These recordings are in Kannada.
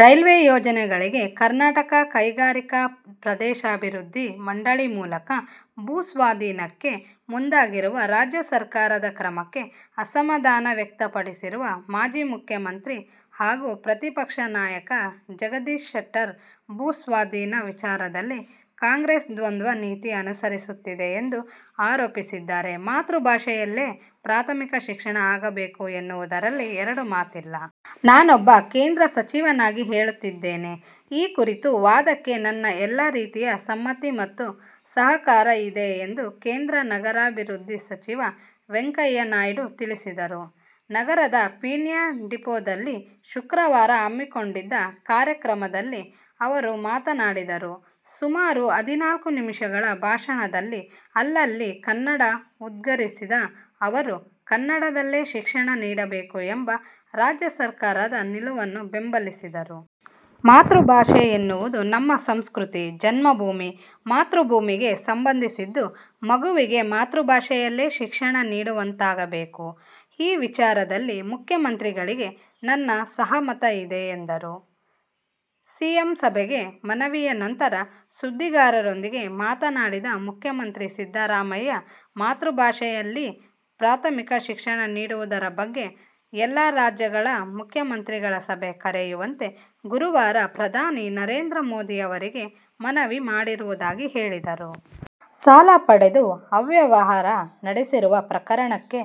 ರೈಲ್ವೆ ಯೋಜನೆಗಳಿಗೆ ಕರ್ನಾಟಕ ಕೈಗಾರಿಕಾ ಪ್ರದೇಶಾಭಿವೃದ್ಧಿ ಮಂಡಳಿ ಮೂಲಕ ಭೂಸ್ವಾಧೀನಕ್ಕೆ ಮುಂದಾಗಿರುವ ರಾಜ್ಯ ಸರ್ಕಾರದ ಕ್ರಮಕ್ಕೆ ಅಸಮಾಧಾನ ವ್ಯಕ್ತಪಡಿಸಿರುವ ಮಾಜಿ ಮುಖ್ಯಮಂತ್ರಿ ಹಾಗೂ ಪ್ರತಿಪಕ್ಷ ನಾಯಕ ಜಗದೀಶ್ ಶೆಟ್ಟರ್ ಭೂಸ್ವಾಧೀನ ವಿಚಾರದಲ್ಲಿ ಕಾಂಗ್ರೆಸ್ ದ್ವಂದ್ವ ನೀತಿ ಅನುಸರಿಸುತ್ತಿದೆ ಎಂದು ಆರೋಪಿಸಿದ್ದಾರೆ. "ಮಾತೃಭಾಷೆಯಲ್ಲೇ ಪ್ರಾಥಮಿಕ ಶಿಕ್ಷಣ ಆಗಬೇಕು ಎನ್ನುವುದರಲ್ಲಿ ಎರಡು ಮಾತಿಲ್ಲ. ನಾನೊಬ್ಬ ಕೇಂದ್ರ ಸಚಿವನಾಗಿ ಹೇಳುತ್ತಿದ್ದೇನೆ. ಈ ಕುರಿತ ವಾದಕ್ಕೆ ನನ್ನ ಎಲ್ಲ ರೀತಿಯ ಸಮ್ಮತಿ ಮತ್ತು ಸಹಕಾರ ಇದೆ' ಎಂದು ಕೇಂದ್ರ ನಗರಾಭಿವೃದ್ಧಿ ಸಚಿವ ವೆಂಕಯ್ಯನಾಯ್ಡು ತಿಳಿಸಿದರು. ನಗರದ ಪೀಣ್ಯ ಡಿಪೋದಲ್ಲಿ ಶುಕ್ರವಾರ ಹಮ್ಮಿಕೊಂಡಿದ್ದ ಕಾರ್ಯಕ್ರಮದಲ್ಲಿ ಅವರು ಮಾತನಾಡಿದರು. ಸುಮಾರು ಹದಿನಾಲ್ಕು ನಿಮಿಷಗಳ ಭಾಷಣದಲ್ಲಿ ಅಲ್ಲಲ್ಲಿ ಕನ್ನಡ ಉದ್ಗರಿಸಿದ ಅವರು, ಕನ್ನಡದಲ್ಲೇ ಶಿಕ್ಷಣ ನೀಡಬೇಕು ಎಂಬ ರಾಜ್ಯ ಸರ್ಕಾರದ ನಿಲುವನ್ನು ಬೆಂಬಲಿಸಿದರು. ಮಾತೃಭಾಷೆ ಎನ್ನುವುದು ನಮ್ಮ ಸಂಸ್ಕೃತಿ, ಜನ್ಮಭೂಮಿ, ಮಾತೃಭೂಮಿಗೆ ಸಂಬಂಧಿಸಿದ್ದು. ಮಗುವಿಗೆ ಮಾತೃಭಾಷೆಯಲ್ಲೇ ಶಿಕ್ಷಣ ನೀಡುವಂತಾಗಬೇಕು. ಈ ವಿಚಾರದಲ್ಲಿ ಮುಖ್ಯಮಂತ್ರಿಗಳಿಗೆ ನನ್ನ ಸಹಮತ ಇದೆ ಎಂದರು. ಸಿಎಂ ಸಭೆಗೆ ಮನವಿಯ ನಂತರ ಸುದ್ದಿಗಾರರೊಂದಿಗೆ ಮಾತನಾಡಿದ ಮುಖ್ಯಮಂತ್ರಿ ಸಿದ್ದರಾಮಯ್ಯ, ಮಾತೃಭಾಷೆಯಲ್ಲಿ ಪ್ರಾಥಮಿಕ ಶಿಕ್ಷಣ ನೀಡುವುದರ ಬಗ್ಗೆ ಎಲ್ಲ ರಾಜ್ಯಗಳ ಮುಖ್ಯಮಂತ್ರಿಗಳ ಸಭೆ ಕರೆಯುವಂತೆ ಗುರುವಾರ ಪ್ರಧಾನಿ ನರೇಂದ್ರ ಮೋದಿ ಅವರಿಗೆ ಮನವಿ ಮಾಡಿರುವುದಾಗಿ ಹೇಳಿದರು. ಸಾಲ ಪಡೆದು ಅವ್ಯವಹಾರ ನಡೆಸಿರುವ ಪ್ರಕರಣಕ್ಕೆ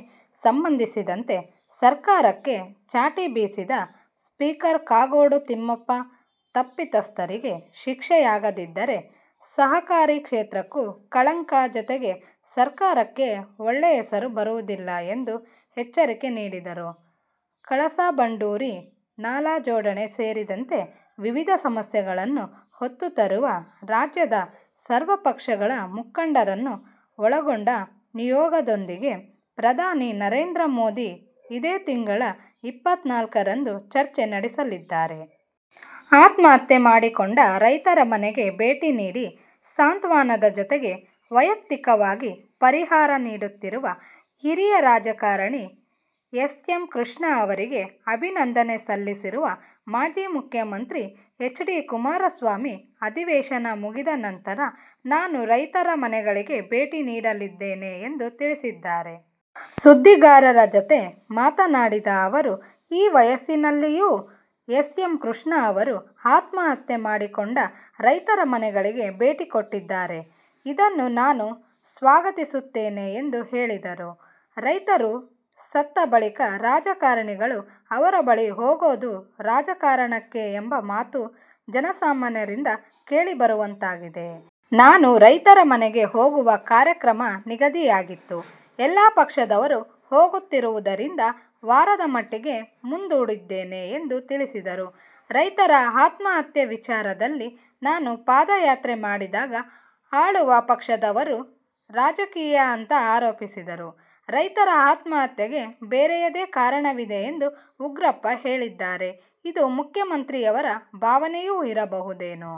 ಸಂಬಂಧಿಸಿದಂತೆ ಸರ್ಕಾರಕ್ಕೆ ಚಾಟಿ ಬೀಸಿದ ಸ್ಪೀಕರ್ ಕಾಗೋಡು ತಿಮ್ಮಪ್ಪ, ತಪ್ಪಿತಸ್ಥರಿಗೆ ಶಿಕ್ಷೆಯಾಗದಿದ್ದರೆ ಸಹಕಾರಿ ಕ್ಷೇತ್ರಕ್ಕೂ ಕಳಂಕ ಜತೆಗೆ ಸರ್ಕಾರಕ್ಕೆ ಒಳ್ಳೆ ಹೆಸರು ಬರುವುದಿಲ್ಲ ಎಂದು ಎಚ್ಚರಿಕೆ ನೀಡಿದರು. ಕಳಸಾ- ಬಂಡೂರಿ ನಾಲಾ ಜೋಡಣೆ ಸೇರಿದಂತೆ ವಿವಿಧ ಸಮಸ್ಯೆಗಳನ್ನು ಹೊತ್ತು ತರುವ ರಾಜ್ಯದ ಸರ್ವಪಕ್ಷಗಳ ಮುಖಂಡರನ್ನು ಒಳಗೊಂಡ ನಿಯೋಗದೊಂದಿಗೆ ಪ್ರಧಾನಿ ನರೇಂದ್ರ ಮೋದಿ ಇದೇ ತಿಂಗಳ ಇಪ್ಪತ್ತ ನಾಲ್ಕರಂದು ಚರ್ಚೆ ನಡೆಸಲಿದ್ದಾರೆ. ಆತ್ಮಹತ್ಯೆ ಮಾಡಿಕೊಂಡ ರೈತರ ಮನೆಗೆ ಭೇಟಿ ನೀಡಿ ಸಾಂತ್ವನದ ಜತೆಗೆ ವೈಯಕ್ತಿಕವಾಗಿ ಪರಿಹಾರ ನೀಡುತ್ತಿರುವ ಹಿರಿಯ ರಾಜಕಾರಣಿ ಎಸ್. ಎಂ. ಕೃಷ್ಣ ಅವರಿಗೆ ಅಭಿನಂದನೆ ಸಲ್ಲಿಸಿರುವ ಮಾಜಿ ಮುಖ್ಯಮಂತ್ರಿ ಎಚ್. ಡಿ. ಕುಮಾರಸ್ವಾಮಿ ಅಧಿವೇಶನ ಮುಗಿದ ನಂತರ ನಾನೂ ರೈತರ ಮನೆಗಳಿಗೆ ಭೇಟಿ ನೀಡಲಿದ್ದೇನೆ ಎಂದು ತಿಳಿಸಿದ್ದಾರೆ. ಸುದ್ದಿಗಾರರ ಜತೆ ಮಾತನಾಡಿದ ಅವರು ಈ ವಯಸ್ಸಿನಲ್ಲಿಯೂ ಎಸ್. ಎಂ. ಕೃಷ್ಣ ಅವರು ಆತ್ಮಹತ್ಯೆ ಮಾಡಿಕೊಂಡ ರೈತರ ಮನೆಗಳಿಗೆ ಭೇಟಿ ಕೊಟ್ಟಿದ್ದಾರೆ. ಇದನ್ನು ನಾನು ಸ್ವಾಗತಿಸುತ್ತೇನೆ ಎಂದು ಹೇಳಿದರು. ರೈತರು ಸತ್ತ ಬಳಿಕ ರಾಜಕಾರಣಿಗಳು ಅವರ ಬಳಿ ಹೋಗೋದು ರಾಜಕಾರಣಕ್ಕೆ ಎಂಬ ಮಾತು ಜನಸಾಮಾನ್ಯರಿಂದ ಕೇಳಿಬರುವಂತಾಗಿದೆ. ನಾನೂ ರೈತರ ಮನೆಗೆ ಹೋಗುವ ಕಾರ್ಯಕ್ರಮ ನಿಗದಿಯಾಗಿತ್ತು. ಎಲ್ಲ ಪಕ್ಷದವರು ಹೋಗುತ್ತಿರುವುದರಿಂದ ವಾರದ ಮಟ್ಟಿಗೆ ಮುಂದೂಡಿದ್ದೇನೆ ಎಂದು ತಿಳಿಸಿದರು. ರೈತರ ಆತ್ಮಹತ್ಯೆ ವಿಚಾರದಲ್ಲಿ ನಾನು ಪಾದಯಾತ್ರೆ ಮಾಡಿದಾಗ ಆಳುವ ಪಕ್ಷದವರು ರಾಜಕೀಯ ಅಂತ ಆರೋಪಿಸಿದರು. ರೈತರ ಆತ್ಮಹತ್ಯೆಗೆ ಬೇರೆಯದೇ ಕಾರಣವಿದೆ ಎಂದು ಉಗ್ರಪ್ಪ ಹೇಳಿದ್ದಾರೆ. ಇದು ಮುಖ್ಯಮಂತ್ರಿಯವರ ಭಾವನೆಯೂ ಇರಬಹುದೇನೋ.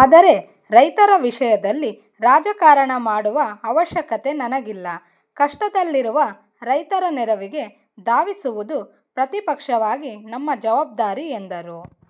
ಆದರೆ, ರೈತರ ವಿಷಯದಲ್ಲಿ ರಾಜಕಾರಣ ಮಾಡುವ ಅವಶ್ಯಕತೆ ನನಗಿಲ್ಲ. ಕಷ್ಟದಲ್ಲಿರುವ ರೈತರ ನೆರವಿಗೆ ಧಾವಿಸುವುದು ಪ್ರತಿಪಕ್ಷವಾಗಿ ನಮ್ಮ ಜವಾಬ್ದಾರಿ ಎಂದರು.